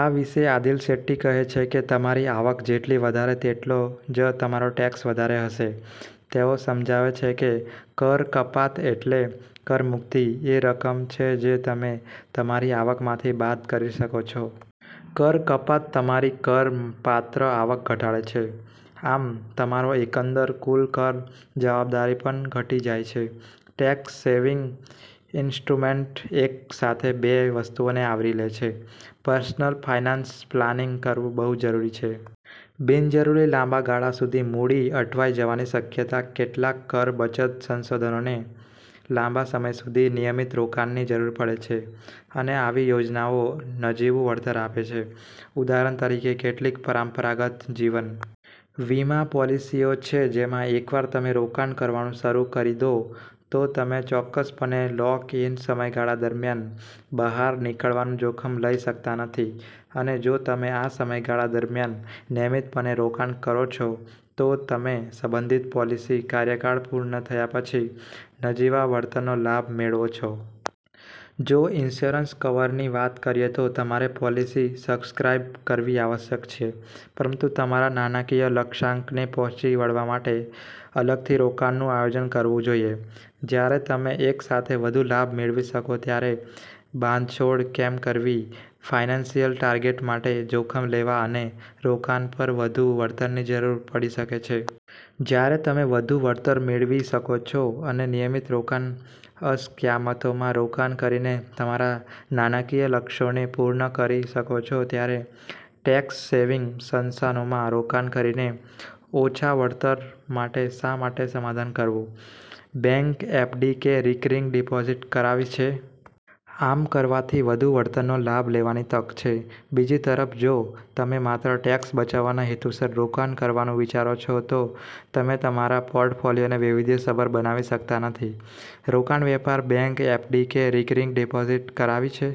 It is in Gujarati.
આ વિશે આદિલ શેટ્ટી કહે છે કે તમારી આવક જેટલી વધારે તેટલો જ તમારો ટેક્સ વધારે હશે. તેઓ સમજાવે છે કે, કર કપાત એટલે કર મુક્તિ એ રકમ છે જે તમે તમારી આવકમાંથી બાદ કરી શકો છો. કર કપાત તમારી કર પાત્ર આવક ઘટાડે છે. આમ, તમારો એકંદર કુલ કર જવાબદારી પણ ઘટી જાય છે. ટેક્સ સેવિંગ ઇન્સ્ટ્રુમેન્ટ એકસાથે બે વસ્તુઓને આવરી લે છે. પર્સનલ ફાઇનાન્સ પ્લાનિંગ કરવું બહુ જરૂરી છે. બિન જરૂરી લાંબા ગાળા સુધી મૂડી અટવાઇ જવાની શક્યતા કેટલાક કર બચત સંશાધનોને લાંબા સમય સુધી નિયમિત રોકાણની જરૂર પડે છે અને આવી યોજનાઓ નજીવુંં વળતર આપે છે. ઉદાહરણ તરીકે, કેટલીક પરંપરાગત જીવન વીમા પૉલિસીઓ છે જેમાં એકવાર તમે રોકાણ કરવાનું શરૂ કરી દો, તો તમે ચોક્કસપણે લૉક-ઇન સમયગાળા દરમિયાન બહાર નીકળવાનું જોખમ લઈ શકતા નથી અને જો તમે આ સમયગાળા દરમિયાન નિયમિતપણે રોકાણ કરો છો, તો તમે સંબંધિત પોલિસી કાર્યકાળ પૂર્ણ થયા પછી નજીવા વળતરનો લાભ મેળવો છો. જો ઇન્સ્યોરન્સ કવરની વાત કરીયે તો તમારે પોલિસી સબસ્ક્રાઇબ કરવી આવશ્યક છે. પરંતુ તમારા નાણાકીય લક્ષ્યાંકને પહોંચી વળવા માટે અલગથી રોકાણનું આયોજન કરવું જોઈએ. જ્યારે તમે એક સાથે વધુ લાભ મેળવી શકો ત્યારે બાંધછોડ કેમ કરવી, ફાઇનાન્સિયલ ટાર્ગેટ માટે જોખમ લેવા અને રોકાણ પર વધુ વળતરની જરૂર પડી શકે છે. જ્યારે તમે વધુ વળતર મેળવી શકો છો અને નિયમિત રોકાણ અસ્કયામતોમાં રોકાણ કરીને તમારા નાણાકીય લક્ષ્યોને પૂર્ણ કરી શકો છો ત્યારે ટેક્સ-સેવિંગ સંશાનોમાં રોકાણ કરીને ઓછા વળતર માટે શા માટે સમાધાન કરવું? બેંક એફડી કે રિકરિંગ ડિપોઝિટ કરાવી છે? આમ કરવાથી વધુ વળતરનો લાભ લેવાની તક છે. બીજી તરફ, જો તમે માત્ર ટેક્સ બચાવવાના હેતુસર રોકાણ કરવાનું વિચારો છો, તો તમે તમારા પોર્ટફોલિયોને વૈવિધ્યસભર બનાવી શકતા નથી. રોકાણવેપાર બેંક એફડી કે રિકરિંગ ડિપોઝિટ કરાવી છે?